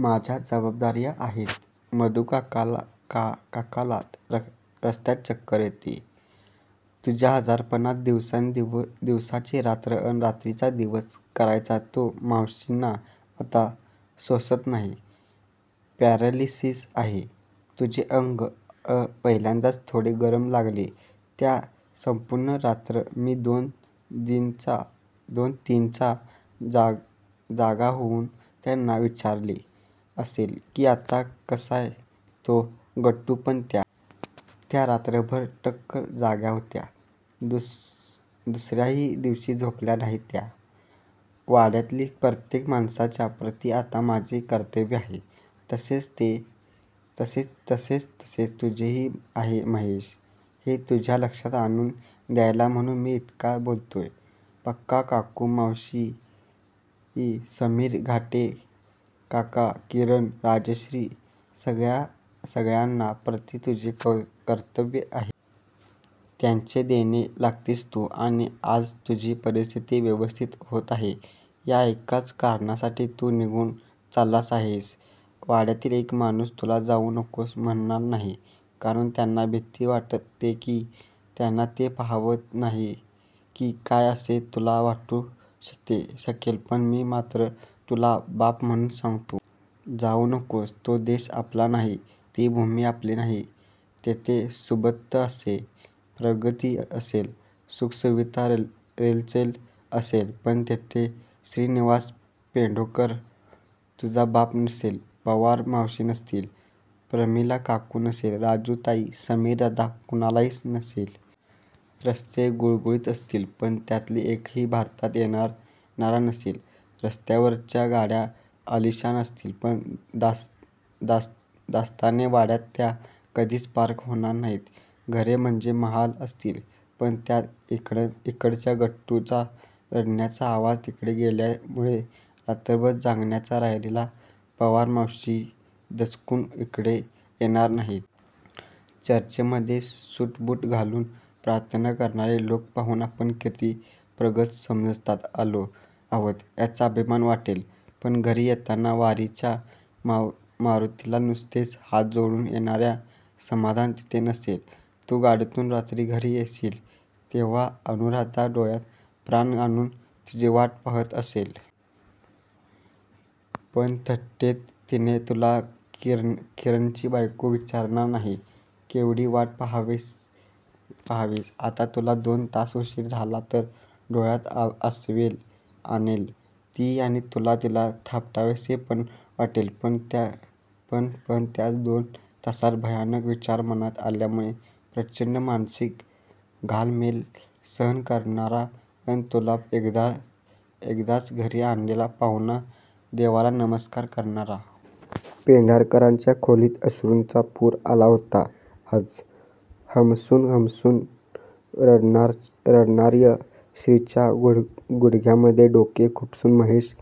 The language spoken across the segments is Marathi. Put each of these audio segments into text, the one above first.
माझ्या जबाबदार्या आहेत. मधूकाकाला रस्त्यात चक्कर येते. तुझ्या आजारपणात दिवसाची रात्र अन रात्रीचा दिवस करायचा तो मावशींना आता सोसत नाही. पॅरलिसीस आहे. तुझे अंग पहिल्यांदा थोडे गरम लागले त्या संपूर्ण रात्री मी दोन तीनदा जागा होऊन त्यांना विचारले असेल की आता कसाय हो गट्टू पण त्या? त्या रात्रभर टक्क जाग्या होत्या. दुसर्याही दिवशी झोपल्या नाहीत त्या! वाड्यातील प्रत्येक माणसाच्या प्रती आता माझे कर्तव्य आहे. तसेच तसेच तुझेही आहे महेश. हे तुझ्या लक्षात आणून द्यायला म्हणून मी इतका बोललो. पमा काकू, मावशी, समीर, घाटे काका, किरण राजश्री सगळ्या सगळ्यांच्या प्रती तुझे कर्तव्य आहे. त्यांचे देणे लागतोस तू आणि आज तुझी परिस्थिती व्यवस्थित होत आहे या एकाच कारणासाठी तू निघून चालला आहेस. वाड्यातील एक माणूस तुला जाऊ नकोस म्हणणार नाही, कारण त्यांना भीती वाटेल की त्यांना ते पाहावत नाही की काय असे तुला वाटू शकेल पण मी मात्र तुला बाप म्हणून सांगतो. जाऊ नकोस. तो देश आपला नाही. ती भूमी आपली नाही. तेथे सुबत्ता असेल. प्रगती असेल. सुखसुविधांची रेलचेल असेल. पण तेथे श्रीनिवास पेंढारकर. तुझा बाप नसेल. पवार मावशी नसतील. प्रमिला काकू नसेल. राजू ताई समीर दादा कुणीही नसेल. रस्ते गुळगुळीत असतील. पण त्यातला एकही भारतात येणारा नसेल. रस्त्यावरच्या गाड्या आलिशान असतील. पण दास्ताने वाड्यात त्या कधीच पार्क होणार नाहीत. घरे म्हणजे महाल असतील. पण त्यात इकडच्या गट्टूचा रडण्याचा आवाज तिकडे गेल्यामुळे रात्रभर जाग्याच राहिलेल्या पवार मावशी दचकून इकडे येणार नाहीत. चर्चमधे सुटबुट घालून प्रार्थना करणारे लोक पाहून आपण किती प्रगत समजात आलो आहोत याचा अभिमान वाटेल. पण घरी येताना वीराच्या मारुतीला नुसते हात जोडून येण्याचे समाधान तिथे नसेल. तू गाडीतून रात्री घरी येशील तेव्हा अनुराधा डोळ्यात प्राण आणून तुझी वाट पाहात असेल. पण थट्टेत तिथे तिला किरणची बायको विचारणार नाही. केवढी वाट पाहतीयस? आणि तुला दोन तास उशीर झाला तर डोळ्यात आसवे आणेल ती आणि तुला तिला थोपटावेसे पण वाटेल पण पण त्याच दोन तासात भयानक विचार मनात आल्यामुळे प्रचंड मानसिक घालमेल सहन करणारा अन तुला एकदाचा घरी आलेला पाहून देवाला नमस्कार करणारा. पेंढारकरांच्या खोलीत अश्रूंचा पूर आला होता आज! हमसून हमसून रडणार्या श्रीच्या गुडघ्यांमधे डोके खुपसून महेश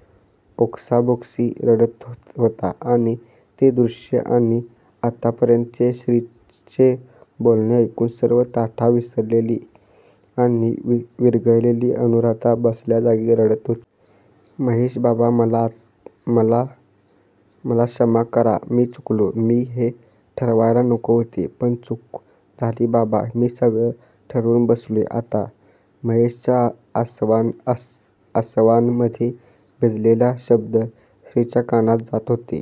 ओक्साबोक्शी रडत होता आणि ते दृष्य आणि आत्तापर्यंतचे श्रीचे बोलणे ऐकून सर्व ताठा विसरलेली आणि विरघळलेली अनुराधा बसल्या जागी रडत होती. महेश बाबा मला मला क्षमा करा मी चुकलो. मी हे ठरवायला नको होते. पण चूक झाली बाबा मी सगळं ठरवून बसलोय आता महेशच्या आसवांमधे भिजलेले शब्द श्रीच्या कानात जात होते.